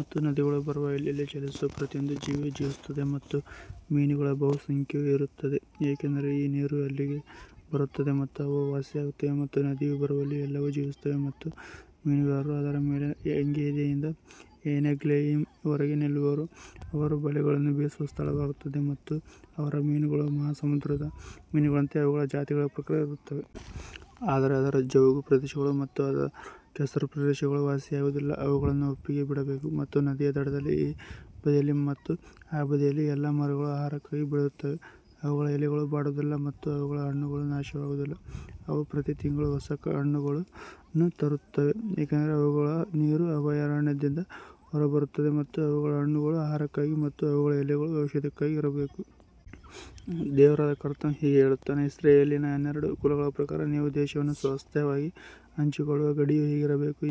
ಮತ್ತು ನದಿಗಳು ಬರುವ ಎಲ್ಲೆಲ್ಲಿ ಚಲಿಸುವ ಪ್ರತಿಯೊಂದು ಜೀವಿಯೂ ಜೀವಿಸುತ್ತದೆ ಮತ್ತು ಮೀನುಗಳ ಬಹುಸಂಖ್ಯೆಯು ಇರುತ್ತದೆ, ಏಕೆಂದರೆ ಈ ನೀರು ಅಲ್ಲಿಗೆ ಬರುತ್ತದೆ ಮತ್ತು ಅವು ವಾಸಿಯಾಗುತ್ತವೆ ಮತ್ತು ನದಿಯು ಬರುವಲ್ಲಿ ಎಲ್ಲವೂ ಜೀವಿಸುತ್ತವೆ. ಮತ್ತು ಮೀನುಗಾರರು ಅದರ ಮೇಲೆ ಎಂಗೇದಿಯಿಂದ ಎನೆಗ್ಲಯಿಮ್ ವರೆಗೆ ನಿಲ್ಲುವರು, ಅವರು ಬಲೆಗಳನ್ನು ಬೀಸುವ ಸ್ಥಳವಾಗುತ್ತದೆ ಮತ್ತು ಅವರ ಮೀನುಗಳು ಮಹಾಸಮುದ್ರದ ಮೀನುಗಳಂತೆ ಅವುಗಳ ಜಾತಿಗಳ ಪ್ರಕಾರ ಇರುತ್ತವೆ. ಆದರೆ ಅದರ ಜವುಗು ಪ್ರದೇಶಗಳು ಮತ್ತು ಅದರ ಕೆಸರು ಪ್ರದೇಶಗಳು ವಾಸಿಯಾಗುವುದಿಲ್ಲ, ಅವುಗಳನ್ನು ಉಪ್ಪಿಗೆ ಬಿಡಬೇಕು. ಮತ್ತು ನದಿಯ ದಡದಲ್ಲಿ ಈ ಬದಿಯಲ್ಲಿ ಮತ್ತು ಆ ಬದಿಯಲ್ಲಿ ಎಲ್ಲಾ ಮರಗಳು ಆಹಾರಕ್ಕಾಗಿ ಬೆಳೆಯುತ್ತವೆ, ಅವುಗಳ ಎಲೆಗಳು ಬಾಡುವುದಿಲ್ಲ ಮತ್ತು ಅವುಗಳ ಹಣ್ಣುಗಳು ನಾಶವಾಗುವುದಿಲ್ಲ, ಅವು ಪ್ರತಿತಿಂಗಳು ಹೊಸ ಹಣ್ಣುಗಳನ್ನು ತರುತ್ತವೆ, ಏಕೆಂದರೆ ಅವುಗಳ ನೀರು ಅಭಯಾರಣ್ಯದಿಂದ ಹೊರಬರುತ್ತದೆ ಮತ್ತು ಅವುಗಳ ಹಣ್ಣುಗಳು ಆಹಾರಕ್ಕಾಗಿ ಮತ್ತು ಅವುಗಳ ಎಲೆಗಳು ಔಷಧಕ್ಕಾಗಿ ಇರಬೇಕು. ದೇವರಾದ ಕರ್ತನು ಹೀಗೆ ಹೇಳುತ್ತಾನೆ, ಇಸ್ರಾಯೇಲಿನ ಹನ್ನೆರಡು ಕುಲಗಳ ಪ್ರಕಾರ ನೀವು ದೇಶವನ್ನು ಸ್ವಾಸ್ತ್ಯವಾಗಿ ಹಂಚಿಕೊಳ್ಳುವ ಗಡಿಯು ಹೀಗಿರಬೇಕು,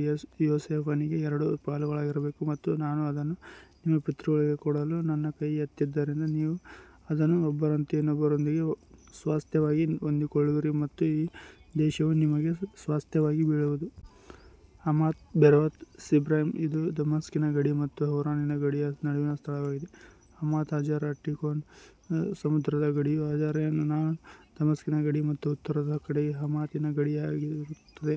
ಯೋಸೇಫನಿಗೆ ಎರಡು ಪಾಲುಗಳಾಗಿರಬೇಕು. ಮತ್ತು ನಾನು ಅದನ್ನು ನಿಮ್ಮ ಪಿತೃಗಳಿಗೆ ಕೊಡಲು ನನ್ನ ಕೈ ಎತ್ತಿದ್ದರಿಂದ ನೀವು ಅದನ್ನು ಒಬ್ಬರಂತೆ ಇನ್ನೊಬ್ಬರೊಂದಿಗೆ ಸ್ವಾಸ್ತ್ಯವಾಗಿ ಹೊಂದಿಕೊಳ್ಳುವಿರಿ ಮತ್ತು ಈ ದೇಶವು ನಿಮಗೆ ಸ್ವಾಸ್ತ್ಯವಾಗಿ ಬೀಳುವುದು. ಹಮಾತ್, ಬೆರೋಥಾ, ಸಿಬ್ರೈಮ್, ಇದು ದಮಸ್ಕಿನ ಗಡಿ ಮತ್ತು ಹೌರಾನಿನ ಗಡಿಯ ನಡುವಿನ ಸ್ಥಳವಾಗಿದೆ. ಹಮಾತ್ ಹಜರ್ ಹಟ್ಟಿಕೋನ್ ಸಮುದ್ರದ ಗಡಿಯು ಹಜರೇನಾನ್ ದಮಸ್ಕಿನ ಗಡಿ ಮತ್ತು ಉತ್ತರದ ಕಡೆಗೆ ಹಮಾತಿನ ಗಡಿಯಾಗಿರುತ್ತದೆ,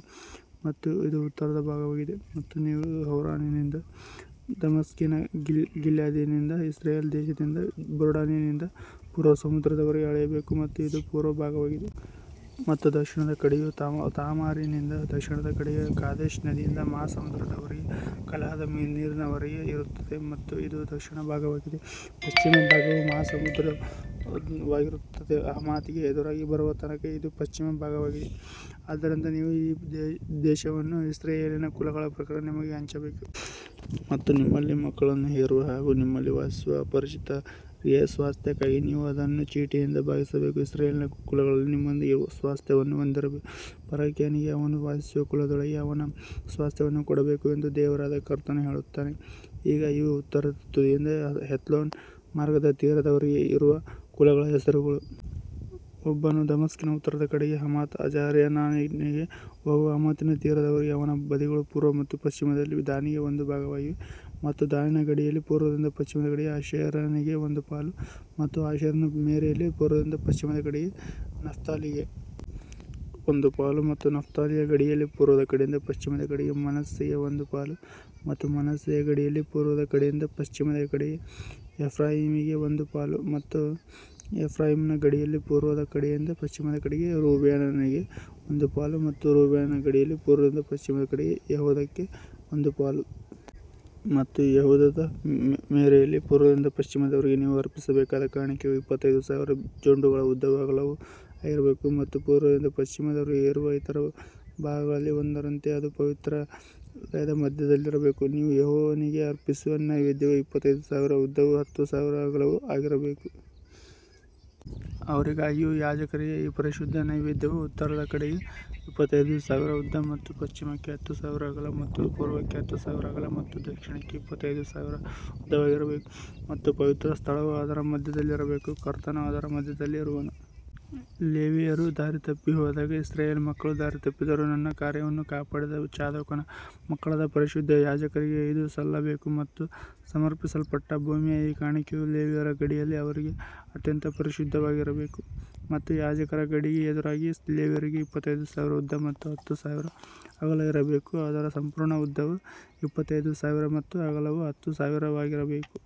ಮತ್ತು ಇದು ಉತ್ತರ ಭಾಗವಾಗಿದೆ. ಮತ್ತು ನೀವು ಹೌರಾನಿನಿಂದ ದಮಸ್ಕಿನಿಂದ ಗಿಲ್ಯಾದಿನಿಂದ ಇಸ್ರಾಯೇಲ್ ದೇಶದಿಂದ ಜೋರ್ಡಾನಿನಿಂದ ಪೂರ್ವ ಸಮುದ್ರದವರೆಗೆ ಅಳೆಯಬೇಕು, ಮತ್ತು ಇದು ಪೂರ್ವ ಭಾಗವಾಗಿದೆ. ಮತ್ತು ದಕ್ಷಿಣದ ಕಡೆಯು ತಾಮಾರಿನಿಂದ ದಕ್ಷಿಣದ ಕಡೆಗೆ ಕಾದೇಶ್ ನದಿಯಿಂದ ಮಹಾಸಮುದ್ರದವರೆಗೆ ಕಲಹದ ನೀರಿನವರೆಗೆ ಇರುತ್ತದೆ, ಮತ್ತು ಇದು ದಕ್ಷಿಣ ಭಾಗವಾಗಿದೆ. ಪಶ್ಚಿಮ ಭಾಗವು ಮಹಾಸಮುದ್ರವಾಗಿರುತ್ತದೆ, ಹಮಾತಿಗೆ ಎದುರಾಗಿ ಬರುವ ತನಕ ಇದು ಪಶ್ಚಿಮ ಭಾಗವಾಗಿದೆ. ಆದ್ದರಿಂದ ನೀವು ಈ ದೇಶವನ್ನು ಇಸ್ರಾಯೇಲಿನ ಕುಲಗಳ ಪ್ರಕಾರ ನಿಮಗೆ ಹಂಚಬೇಕು. ಮತ್ತು ನಿಮ್ಮಲ್ಲಿ ಮಕ್ಕಳನ್ನು ಹೆರುವ ಹಾಗೂ ನಿಮ್ಮಲ್ಲಿ ವಾಸಿಸುವ ಅಪರಿಚಿತರಿಗೆ ಸ್ವಾಸ್ತ್ಯಕ್ಕಾಗಿ ನೀವು ಅದನ್ನು ಚೀಟಿಯಿಂದ ಭಾಗಿಸಬೇಕು. ಇಸ್ರಾಯೇಲಿನ ಕುಲಗಳಲ್ಲಿ ನಿಮ್ಮೊಂದಿಗೆ ಸ್ವಾಸ್ತ್ಯವನ್ನು ಹೊಂದಿರುವ ಪರಕೀಯನಿಗೆ ಅವನು ವಾಸಿಸುವ ಕುಲದೊಳಗೆ ಅವನ ಸ್ವಾಸ್ತ್ಯವನ್ನು ಕೊಡಬೇಕು ಎಂದು ದೇವರಾದ ಕರ್ತನು ಹೇಳುತ್ತಾನೆ. ಈಗ ಇವು ಉತ್ತರದ ತುದಿಯಿಂದ ಹೆತ್ಲೋನ್ ಮಾರ್ಗದ ತೀರದವರೆಗೆ ಇರುವ ಕುಲಗಳ ಹೆಸರುಗಳು. ಒಬ್ಬನು ದಮಸ್ಕಿನ ಉತ್ತರದ ಕಡೆಗೆ ಹಮಾತ್ ಹಜರೇನಾನಿಗೆ ಹೋಗುವಾಗ ಹಮಾತಿನ ತೀರದವರೆಗೆ, ಅವನ ಬದಿಗಳು ಪೂರ್ವ ಮತ್ತು ಪಶ್ಚಿಮದಲ್ಲಿ ದಾನಿಗೆ ಒಂದು ಭಾಗವಾಗಿವೆ. ಮತ್ತು ದಾನಿನ ಗಡಿಯಲ್ಲಿ ಪೂರ್ವದಿಂದ ಪಶ್ಚಿಮದ ಕಡೆಗೆ ಆಶೇರನಿಗೆ ಒಂದು ಪಾಲು, ಮತ್ತು ಆಶೇರನ ಮೇರೆಯಲ್ಲಿ ಪೂರ್ವದಿಂದ ಪಶ್ಚಿಮದ ಕಡೆಗೆ ನಫ್ತಾಲಿಗೆ ಒಂದು ಪಾಲು, ಮತ್ತು ನಫ್ತಾಲಿಯ ಗಡಿಯಲ್ಲಿ ಪೂರ್ವದ ಕಡೆಯಿಂದ ಪಶ್ಚಿಮದ ಕಡೆಗೆ ಮನಸ್ಸೆಗೆ ಒಂದು ಪಾಲು, ಮತ್ತು ಮನಸ್ಸೆಯ ಗಡಿಯಲ್ಲಿ ಪೂರ್ವದ ಕಡೆಯಿಂದ ಪಶ್ಚಿಮದ ಕಡೆಗೆ ಎಫ್ರಾಯೀಮಿಗೆ ಒಂದು ಪಾಲು, ಮತ್ತು ಎಫ್ರಾಯೀಮನ ಗಡಿಯಲ್ಲಿ ಪೂರ್ವದ ಕಡೆಯಿಂದ ಪಶ್ಚಿಮದ ಕಡೆಗೆ ರೂಬೇನನಿಗೆ ಒಂದು ಪಾಲು, ಮತ್ತು ರೂಬೇನನ ಗಡಿಯಲ್ಲಿ ಪೂರ್ವದಿಂದ ಪಶ್ಚಿಮದ ಕಡೆಗೆ ಯೆಹೂದಕ್ಕೆ ಒಂದು ಪಾಲು. ಮತ್ತು ಯೆಹೂದದ ಮೇರೆಯಲ್ಲಿ ಪೂರ್ವದಿಂದ ಪಶ್ಚಿಮದವರೆಗೆ ನೀವು ಅರ್ಪಿಸಬೇಕಾದ ಕಾಣಿಕೆಯು ಇಪ್ಪತ್ತೈದು ಸಾವಿರ ಜೊಂಡುಗಳ ಉದ್ದವೂ ಅಗಲವೂ ಆಗಿರಬೇಕು, ಮತ್ತು ಪೂರ್ವದಿಂದ ಪಶ್ಚಿಮದವರೆಗೆ ಇರುವ ಇತರ ಭಾಗಗಳಲ್ಲಿ ಒಂದರಂತೆ ಅದು ಪವಿತ್ರಾಲಯದ ಮಧ್ಯದಲ್ಲಿರಬೇಕು. ನೀವು ಯೆಹೋವನಿಗೆ ಅರ್ಪಿಸುವ ನೈವೇದ್ಯವು ಇಪ್ಪತ್ತೈದು ಸಾವಿರ ಉದ್ದವೂ ಹತ್ತು ಸಾವಿರ ಅಗಲವೂ ಆಗಿರಬೇಕು. ಅವರಿಗಾಗಿಯೂ ಯಾಜಕರಿಗೆ ಈ ಪರಿಶುದ್ಧ ನೈವೇದ್ಯವು ಉತ್ತರದ ಕಡೆಗೆ ಇಪ್ಪತ್ತೈದು ಸಾವಿರ ಉದ್ದ ಮತ್ತು ಪಶ್ಚಿಮಕ್ಕೆ ಹತ್ತು ಸಾವಿರ ಅಗಲ ಮತ್ತು ಪೂರ್ವಕ್ಕೆ ಹತ್ತು ಸಾವಿರ ಅಗಲ ಮತ್ತು ದಕ್ಷಿಣಕ್ಕೆ ಇಪ್ಪತ್ತೈದು ಸಾವಿರ ಉದ್ದವಾಗಿರಬೇಕು, ಮತ್ತು ಪವಿತ್ರ ಸ್ಥಳವು ಅದರ ಮಧ್ಯದಲ್ಲಿರಬೇಕು. ಕರ್ತನು ಅದರ ಮಧ್ಯದಲ್ಲಿ ಇರುವನು. ಲೇವಿಯರು ದಾರಿತಪ್ಪಿ ಹೋದಾಗ ಇಸ್ರಾಯೇಲ್ ಮಕ್ಕಳು ದಾರಿತಪ್ಪಿದರೂ ನನ್ನ ಕಾರ್ಯವನ್ನು ಕಾಪಾಡಿದ ಚಾದೋಕನ ಮಕ್ಕಳಾದ ಪರಿಶುದ್ಧ ಯಾಜಕರಿಗೆ ಇದು ಸಲ್ಲಬೇಕು. ಮತ್ತು ಸಮರ್ಪಿಸಲ್ಪಟ್ಟ ಭೂಮಿಯ ಈ ಕಾಣಿಕೆಯು ಲೇವಿಯರ ಗಡಿಯಲ್ಲಿ ಅವರಿಗೆ ಅತ್ಯಂತ ಪರಿಶುದ್ಧವಾಗಿರಬೇಕು. ಮತ್ತು ಯಾಜಕರ ಗಡಿಗೆ ಎದುರಾಗಿ ಲೇವಿಯರಿಗೆ ಇಪ್ಪತ್ತೈದು ಸಾವಿರ ಉದ್ದ ಮತ್ತು ಹತ್ತು ಸಾವಿರ ಅಗಲ ಇರಬೇಕು, ಅದರ ಸಂಪೂರ್ಣ ಉದ್ದವು ಇಪ್ಪತ್ತೈದು ಸಾವಿರ ಮತ್ತು ಅಗಲವು ಹತ್ತು ಸಾವಿರವಾಗಿರಬೇಕು.